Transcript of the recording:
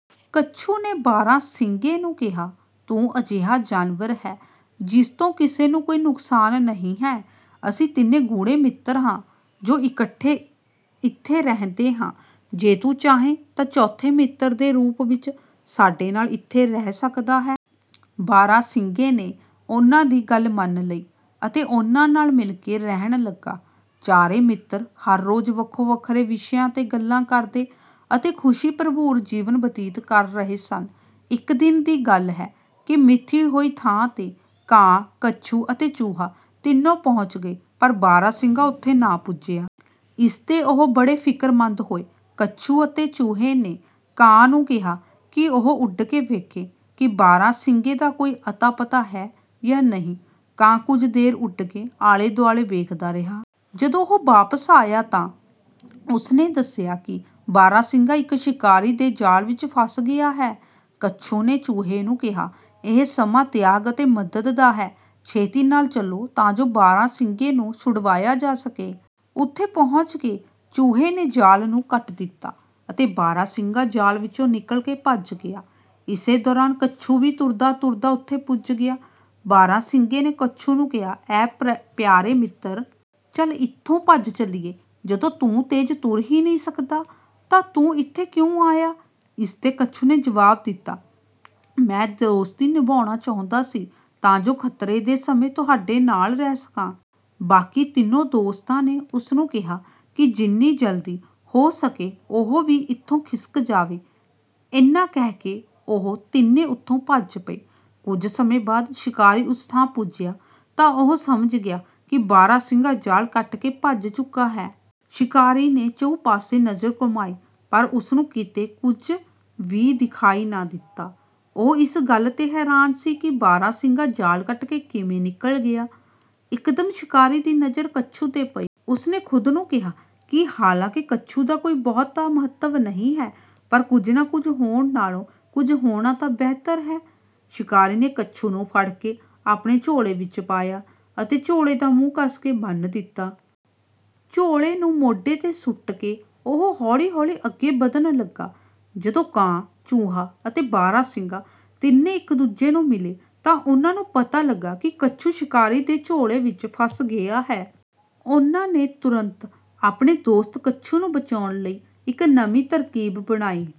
ਕੱਛੂ ਨੇ ਬਾਰਾਂਸਿੰਗੇ ਨੂੰ ਕਿਹਾ, "ਤੂੰ ਅਜਿਹਾ ਜਾਨਵਰ ਹੈਂ ਜਿਸ ਤੋਂ ਕਿਸੇ ਨੂੰ ਕੋਈ ਨੁਕਸਾਨ ਨਹੀਂ ਹੈ। ਅਸੀਂ ਤਿੰਨ ਗੂੜ੍ਹੇ ਮਿੱਤਰ ਹਾਂ ਜੋ ਇਕੱਠੇ ਇੱਥੇ ਰਹਿੰਦੇ ਹਾਂ। ਜੇ ਤੂੰ ਚਾਹੇਂ ਤਾਂ ਚੌਥੇ ਮਿੱਤਰ ਦੇ ਰੂਪ ਵਿੱਚ ਸਾਡੇ ਨਾਲ ਇੱਥੇ ਰਹਿ ਸਕਦਾ ਹੈਂ।" ਬਾਰਾਂਸਿੰਗੇ ਨੇ ਉਨ੍ਹਾਂ ਦੀ ਗੱਲ ਮੰਨ ਲਈ ਅਤੇ ਉਨ੍ਹਾਂ ਨਾਲ ਮਿਲ ਕੇ ਰਹਿਣ ਲੱਗਾ। ਚਾਰੇ ਮਿੱਤਰ ਹਰ ਰੋਜ਼ ਵੱਖੋ ਵੱਖਰੇ ਵਿਸ਼ਿਆਂ 'ਤੇ ਗੱਲਾਂ ਕਰਦੇ ਅਤੇ ਖ਼ੁਸ਼ੀ ਭਰਪੂਰ ਜੀਵਨ ਬਤੀਤ ਕਰ ਰਹੇ ਸਨ। ਇੱਕ ਦਿਨ ਦੀ ਗੱਲ ਹੈ ਕਿ ਮਿਥੀ ਹੋਈ ਥਾਂ 'ਤੇ ਕਾਂ, ਕੱਛੂ ਅਤੇ ਚੂਹਾ ਤਿੰਨੋਂ ਪਹੁੰਚ ਗਏ, ਪਰ ਬਾਰਾਂਸਿੰਗਾ ਉੱਥੇ ਨਾ ਪੁੱਜਿਆ। ਇਸ 'ਤੇ ਉਹ ਬੜੇ ਫ਼ਿਕਰਮੰਦ ਹੋਏ। ਕੱਛੂ ਅਤੇ ਚੂਹੇ ਨੇ ਕਾਂ ਨੂੰ ਕਿਹਾ ਕਿ ਉਹ ਉੱਡ ਕੇ ਵੇਖੇ ਕਿ ਬਾਰਾਂਸਿੰਗੇ ਦਾ ਕੋਈ ਅਤਾ-ਪਤਾ ਹੈ ਜਾਂ ਨਹੀਂ। ਕਾਂ ਕੁਝ ਦੇਰ ਉੱਡ ਕੇ ਆਲੇ-ਦੁਆਲੇ ਵੇਖਦਾ ਰਿਹਾ। ਜਦੋਂ ਉਹ ਵਾਪਸ ਆਇਆ ਤਾਂ ਉਸ ਨੇ ਦੱਸਿਆ ਕਿ ਬਾਰਾਂਸਿੰਗਾ ਇੱਕ ਸ਼ਿਕਾਰੀ ਦੇ ਜਾਲ ਵਿੱਚ ਫੱਸ ਗਿਆ ਹੈ। ਕੱਛੂ ਨੇ ਚੂਹੇ ਨੂੰ ਕਿਹਾ, "ਇਹ ਸਮਾਂ ਤਿਆਗ ਅਤੇ ਮਦਦ ਦਾ ਹੈ। ਛੇਤੀ ਨਾਲ ਚੱਲੋ ਤਾਂ ਜੋ ਬਾਰਾਂਸਿੰਗੇ ਨੂੰ ਛੁਡਵਾਇਆ ਜਾ ਸਕੇ।" ਉੱਥੇ ਪਹੁੰਚ ਕੇ ਚੂਹੇ ਨੇ ਜਾਲ ਨੂੰ ਕੱਟ ਦਿੱਤਾ ਅਤੇ ਬਾਰਾਂਸਿੰਗਾ ਜਾਲ ਵਿੱਚੋਂ ਨਿਕਲ ਕੇ ਭੱਜ ਗਿਆ। ਇਸੇ ਦੌਰਾਨ ਕੱਛੂ ਵੀ ਤੁਰਦਾ-ਤੁਰਦਾ ਉੱਥੇ ਪੁੱਜ ਗਿਆ। ਬਾਰਾਂਸਿੰਗੇ ਨੇ ਕੱਛੂ ਨੂੰ ਕਿਹਾ, "ਐ ਪਿਆਰੇ ਮਿੱਤਰ! ਚੱਲ ਇੱਥੋਂ ਭੱਜ ਚੱਲੀਏ। ਜਦੋਂ ਤੂੰ ਤੇਜ਼ ਤੁਰ ਹੀ ਨਹੀਂ ਸਕਦਾ ਤਾਂ ਤੂੰ ਇੱਥੇ ਕਿਉਂ ਆਇਆ?" ਇਸ 'ਤੇ ਕੱਛੂ ਨੇ ਜਵਾਬ ਦਿੱਤਾ, "ਮੈਂ ਦੋਸਤੀ ਨਿਭਾਉਣਾ ਚਾਹੁੰਦਾ ਸੀ ਤਾਂ ਜੋ ਖ਼ਤਰੇ ਦੇ ਸਮੇਂ ਤੁਹਾਡੇ ਨਾਲ ਰਹਿ ਸਕਾਂ।" ਬਾਕੀ ਤਿੰਨੋਂ ਦੋਸਤਾਂ ਨੇ ਉਸ ਨੂੰ ਕਿਹਾ ਕਿ ਜਿੰਨੀ ਜਲਦੀ ਹੋ ਸਕੇ ਉਹ ਵੀ ਇੱਥੋਂ ਖਿਸਕ ਜਾਵੇ। ਇੰਨਾ ਕਹਿ ਕੇ ਉਹ ਤਿੰਨੇ ਉੱਥੋਂ ਭੱਜ ਪਏ। ਕੁਝ ਸਮੇਂ ਬਾਅਦ ਸ਼ਿਕਾਰੀ ਉਸ ਥਾਂ ਪੁੱਜਿਆ ਤਾਂ ਉਹ ਸਮਝ ਗਿਆ ਕਿ ਬਾਰਾਂਸਿੰਗਾ ਜਾਲ ਕੱਟ ਕੇ ਭੱਜ ਚੁੱਕਾ ਹੈ। ਸ਼ਿਕਾਰੀ ਨੇ ਚਹੁੰ ਪਾਸੇ ਨਜ਼ਰ ਘੁਮਾਈ, ਪਰ ਉਸ ਨੂੰ ਕਿਤੇ ਕੁਝ ਵੀ ਦਿਖਾਈ ਨਾ ਦਿੱਤਾ। ਉਹ ਇਸ ਗੱਲ 'ਤੇ ਹੈਰਾਨ ਸੀ ਕਿ ਬਾਰਾਂਸਿੰਗਾ ਜਾਲ ਕੱਟ ਕੇ ਕਿਵੇਂ ਨਿਕਲ ਗਿਆ। ਇਕਦਮ ਸ਼ਿਕਾਰੀ ਦੀ ਨਜ਼ਰ ਕੱਛੂ 'ਤੇ ਪਈ। ਉਸ ਨੇ ਖ਼ੁਦ ਨੂੰ ਕਿਹਾ ਕਿ ਹਾਲਾਂਕਿ ਕੱਛੂ ਦਾ ਕੋਈ ਬਹੁਤਾ ਮਹੱਤਵ ਨਹੀਂ ਹੈ, ਪਰ ਕੁਝ ਨਾ ਹੋਣ ਨਾਲੋਂ ਕੁਝ ਹੋਣਾ ਤਾਂ ਬਿਹਤਰ ਹੈ। ਸ਼ਿਕਾਰੀ ਨੇ ਕੱਛੂ ਨੂੰ ਫੜ ਕੇ ਆਪਣੇ ਝੋਲੇ ਵਿੱਚ ਪਾਇਆ ਅਤੇ ਝੋਲੇ ਦਾ ਮੂੰਹ ਕੱਸ ਕੇ ਬੰਨ੍ਹ ਦਿੱਤਾ। ਝੋਲੇ ਨੂੰ ਮੋਢੇ 'ਤੇ ਸੁੱਟ ਕੇ ਉਹ ਹੌਲੀ-ਹੌਲੀ ਅੱਗੇ ਵਧਣ ਲੱਗਾ। ਜਦੋਂ ਕਾਂ, ਚੂਹਾ ਅਤੇ ਬਾਰਾਂਸਿੰਗਾ ਤਿੰਨੇ ਇੱਕ-ਦੂਜੇ ਨੂੰ ਮਿਲੇ, ਤਾਂ ਉਨ੍ਹਾਂ ਨੂੰ ਪਤਾ ਲੱਗਾ ਕਿ ਕੱਛੂ ਸ਼ਿਕਾਰੀ ਦੇ ਝੋਲੇ ਵਿੱਚ ਫਸ ਗਿਆ ਹੈ। ਉਨ੍ਹਾਂ ਨੇ ਤੁਰੰਤ ਆਪਣੇ ਦੋਸਤ ਕੱਛੂ ਨੂੰ ਬਚਾਉਣ ਲਈ ਇੱਕ ਨਵੀਂ ਤਰਕੀਬ ਬਣਾਈ।